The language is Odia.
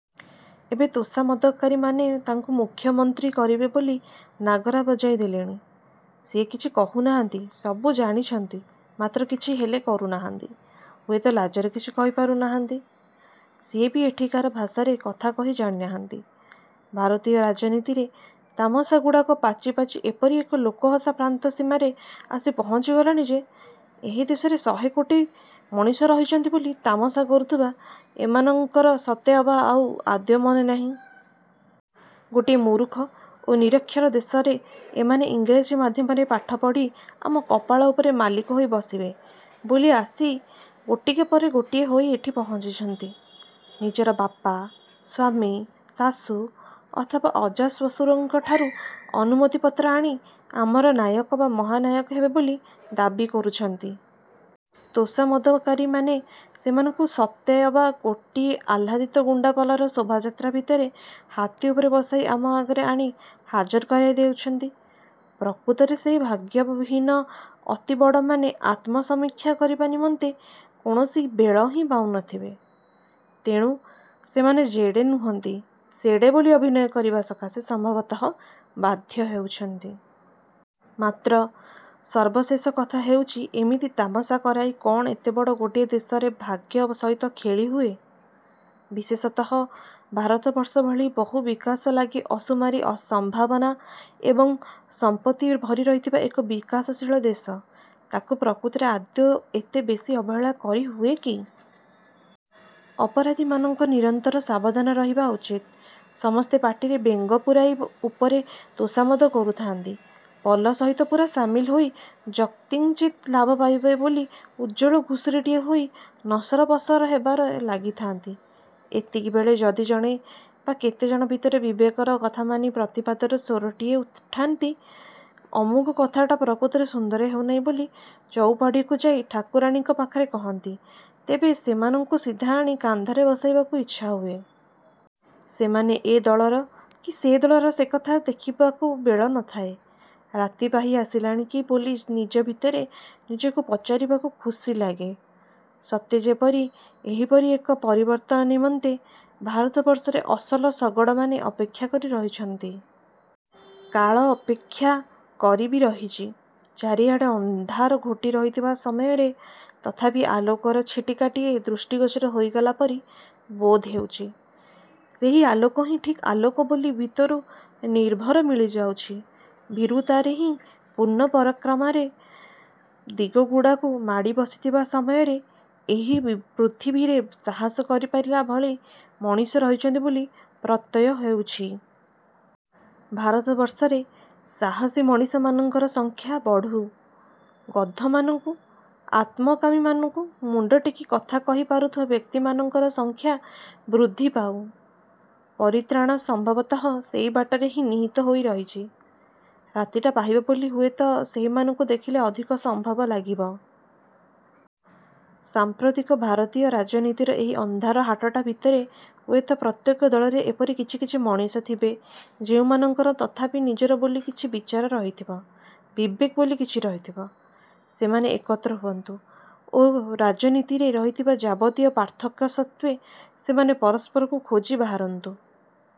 ଏବେ ତୋଷାମଦକାରୀମାନେ ତାଙ୍କୁ ମୁଖ୍ୟମନ୍ତ୍ରୀ କରିବେ ବୋଲି ନାଗରା ବଜାଇ ଦେଲେଣି। ସିଏ କିଛି କହୁନାହାନ୍ତି ସବୁ ଜାଣିଛନ୍ତି ମାତ୍ର କିଛି ହେଲେ କରୁନାହାନ୍ତି ହୁଏତ ଲାଜରେ କିଛି କହିପାରୁ ନାହାନ୍ତି। ସିଏ ବି ଏଠିକାର ଭାଷାରେ କଥାକହି ଜାଣିନାହାନ୍ତି। ଭାରତୀୟ ରାଜନୀତିରେ ତାମସାଗୁଡ଼ାକ ପାଚି ପାଚି ଏପରି ଏକ ଲୋକହସା ପ୍ରାନ୍ତସୀମାରେ ଆସି ପହଞ୍ଚି ଗଲାଣି ଯେ ଏହି ଦେଶରେ ଶହେ କୋଟି ମଣିଷ ରହିଛନ୍ତି ବୋଲି ତାମସା କରୁଥିବା ଏମାନଙ୍କର ସତେ ଅବା ଆଉ ଆଦ୍ୟ ମନେନାହିଁ। ଗୋଟିଏ ମୂରୁଖ ଓ ନିରକ୍ଷର ଦେଶରେ ଏମାନେ ଇଂରାଜୀ ମାଧ୍ୟମରେ ପାଠ ପଢି ଆମ କପାଳ ଉପରେ ମାଲିକ ହୋଇ ବସିବେ ବୋଲି ଆସି ଗୋଟିକ ପରେ ଗୋଟିଏ ହୋଇ ଏଠି ପହଞ୍ଚିଛନ୍ତି। ନିଜର ବାପା, ସ୍ୱାମୀ, ଶାଶୁ ଅଥବା ଅଜାଶ୍ୱଶୁରଙ୍କଠାରୁ ଅନୁମତିପତ୍ର ଆଣି ଆମର ନାୟକ ବା ମହାନାୟକ ହେବେ ବୋଲି ଦାବି କରୁଛନ୍ତି। ତୋଷାମଦକାରୀମାନେ ସେମାନଙ୍କୁ ସତେଅବା ଗୋଟିଏ ଆହ୍ଲାଦିତ ଗୁଣ୍ଡାପଲର ଶୋଭାଯାତ୍ରା ଭିତରେ ହାତୀ ଉପରେ ବସାଇ ଆମ ଆଗରେ ଆଣି ହାଜର କରାଇ ଦେଉଛନ୍ତି। ପ୍ରକୃତରେ ସେହି ଭାଗ୍ୟହୀନ ଅତିବଡ଼ମାନେ ଆତ୍ମସମୀକ୍ଷା କରିବା ନିମନ୍ତେ କୌଣସି ବେଳ ହିଁ ପାଉନଥିବେ। ତେଣୁ ସେମାନେ ଯେଡ଼େ ନୁହନ୍ତି, ସେଡ଼େ ବୋଲି ଅଭିନୟ କରିବା ସକାଶେ ସମ୍ଭବତଃ ବାଧ୍ୟ ହେଉଛନ୍ତି। ମାତ୍ର ସର୍ବଶେଷ କଥା ହେଉଛି ଏମିତି ତାମସା କରାଇ କଣ ଏତେବଡ଼ ଗୋଟିଏ ଦେଶର ଭାଗ୍ୟ ସହିତ ଖେଳିହୁଏ? ବିଶେଷତଃ ଭାରତବର୍ଷ ଭଳି ବହୁ ବିକାଶଲାଗି ଅସୁମାରି ସମ୍ଭାବନା ଏବଂ ସମ୍ପତ୍ତି ଭରି ରହିଥିବା ଏକ ବିକାଶଶୀଳ ଦେଶ, ତାକୁ ପ୍ରକୃତରେ ଆଦୌ ଏତେବେଶୀ ଅବହେଳା କରିହୁଏ କି? ଅପରାଧୀମାନଙ୍କର ନିରନ୍ତର ସାବଧାନ ରହିବା ଉଚିତ। ସମସ୍ତେ ପାଟିରେ ବେଙ୍ଗ ପୂରାଇ ଉପରେ ତୋଷାମଦ କରୁଥାନ୍ତି, ପଲ ସହିତ ପୂରା ସାମିଲ ହୋଇ ଯତ୍କିଂଚିତ୍ ଲାଭ ପାଇବେ ବୋଲି ଉଜ୍ଜ୍ୱଳ ଘୁଷୁରିଟିଏ ହୋଇ ନସରପସର ହେବାରେ ଲାଗିଥାନ୍ତି, ଏତିକିବେଳେ ଯଦି ଜଣେ ବା କେତେଜଣ ଭିତରର ବିବେକର କଥାମାନି ପ୍ରତିବାଦର ସ୍ଵରଟିଏ ଉଠାନ୍ତି, ଅମୁକ କଥାଟା ପ୍ରକୃତରେ ସୁନ୍ଦର ହେଉନାହିଁ ବୋଲି ଚଉପାଢ଼ୀକୁ ଯାଇ ଠାକୁରାଣୀଙ୍କ ପାଖରେ କହନ୍ତି, ତେବେ ସେମାନଙ୍କୁ ସିଧାଆଣି କାନ୍ଧରେ ବସାଇବାକୁ ଇଚ୍ଛା ହୁଏ। ସେମାନେ ଏ ଦଳର କି ସେ ଦଳର ସେକଥା ଦେଖିବାକୁ ବେଳ ନଥାଏ। ରାତି ପାହି ଆସିଲାଣି କି ବୋଲି ନିଜ ଭିତରେ ନିଜକୁ ପଚାରିବାକୁ ଖୁସି ଲାଗେ। ସତେ ଯେପରି ଏହିପରି ଏକ ପରିବର୍ତ୍ତନ ନିମନ୍ତେ ଭାରତବର୍ଷରେ ଅସଲ ଶଗଡ଼ମାନେ ଅପେକ୍ଷା କରି ରହିଛନ୍ତି। କାଳ ଅପେକ୍ଷା କରି ବି ରହିଛି। ଚାରିଆଡ଼େ ଅନ୍ଧାର ଘୋଟି ରହିଥିବା ସମୟରେ ତଥାପି ଆଲୋକର ଛିଟିକାଟିଏ ଦୃଷ୍ଟିଗୋଚର ହୋଇଗଲା ପରି ବୋଧ ହେଉଛି। ସେହି ଆଲୋକ ହିଁ ଠିକ୍ ଆଲୋକ ବୋଲି ଭିତରୁ ନିର୍ଭର ମିଳିଯାଉଛି। ଭୀରୁତାହିଁ ପୂର୍ଣ୍ଣ ପରାକ୍ରମରେ ଦିଗଗୁଡ଼ାକୁ ମାଡ଼ି ବସିଥିବା ସମୟରେ ଏହି ପୃଥିବୀରେ ସାହସ କରିପାରିଲା ଭଳି ମଣିଷ ରହିଛନ୍ତି ବୋଲି ପ୍ରତ୍ୟୟ ହେଉଛି। ଭାରତବର୍ଷରେ ସାହସୀ ମଣିଷମାନଙ୍କର ସଂଖ୍ୟା ବଢୁ । ଗଧମାନଙ୍କୁ, ଆତ୍ମକାମୀମାନଙ୍କୁ ମୁଣ୍ଡ ଟେକି କଥା କହି ପାରୁଥିବା ବ୍ୟକ୍ତିମାନଙ୍କର ସଂଖ୍ୟା ବୃଦ୍ଧି ପାଉ। ପରିତ୍ରାଣ ସମ୍ଭବତଃ ସେହି ବାଟରେ ହିଁ ନିହିତ ହୋଇ ରହିଛି। ରାତିଟା ପାହିବ ବୋଲି ହୁଏତ ସେହିମାନଙ୍କୁ ଦେଖିଲେ ଅଧିକ ସମ୍ଭବ ଲାଗିବ। ସାଂପ୍ରତିକ ଭାରତୀୟ ରାଜନୀତିର ଏହି ଅନ୍ଧାର ହାଟଟା ଭିତରେ ହୁଏତ ପ୍ରତ୍ୟେକ ଦଳରେ ଏପରି କିଛି କିଛି ମଣିଷ ଥିବେ ଯେଉଁମାନଙ୍କର ତଥାପି ନିଜର ବୋଲି କିଛି ବିଚାର ରହିଥିବ, ବିବେକ ବୋଲି କିଛି ରହିଥିବ। ସେମାନେ ଏକତ୍ର ହୁଅନ୍ତୁ ଓ ରାଜନୀତିରେ ରହିଥିବା ଯାବତୀୟ ପାର୍ଥକ୍ୟ ସତ୍ତ୍ୱେ ସେମାନେ ପରସ୍ପରକୁ ଖୋଜି ବାହାରନ୍ତୁ ।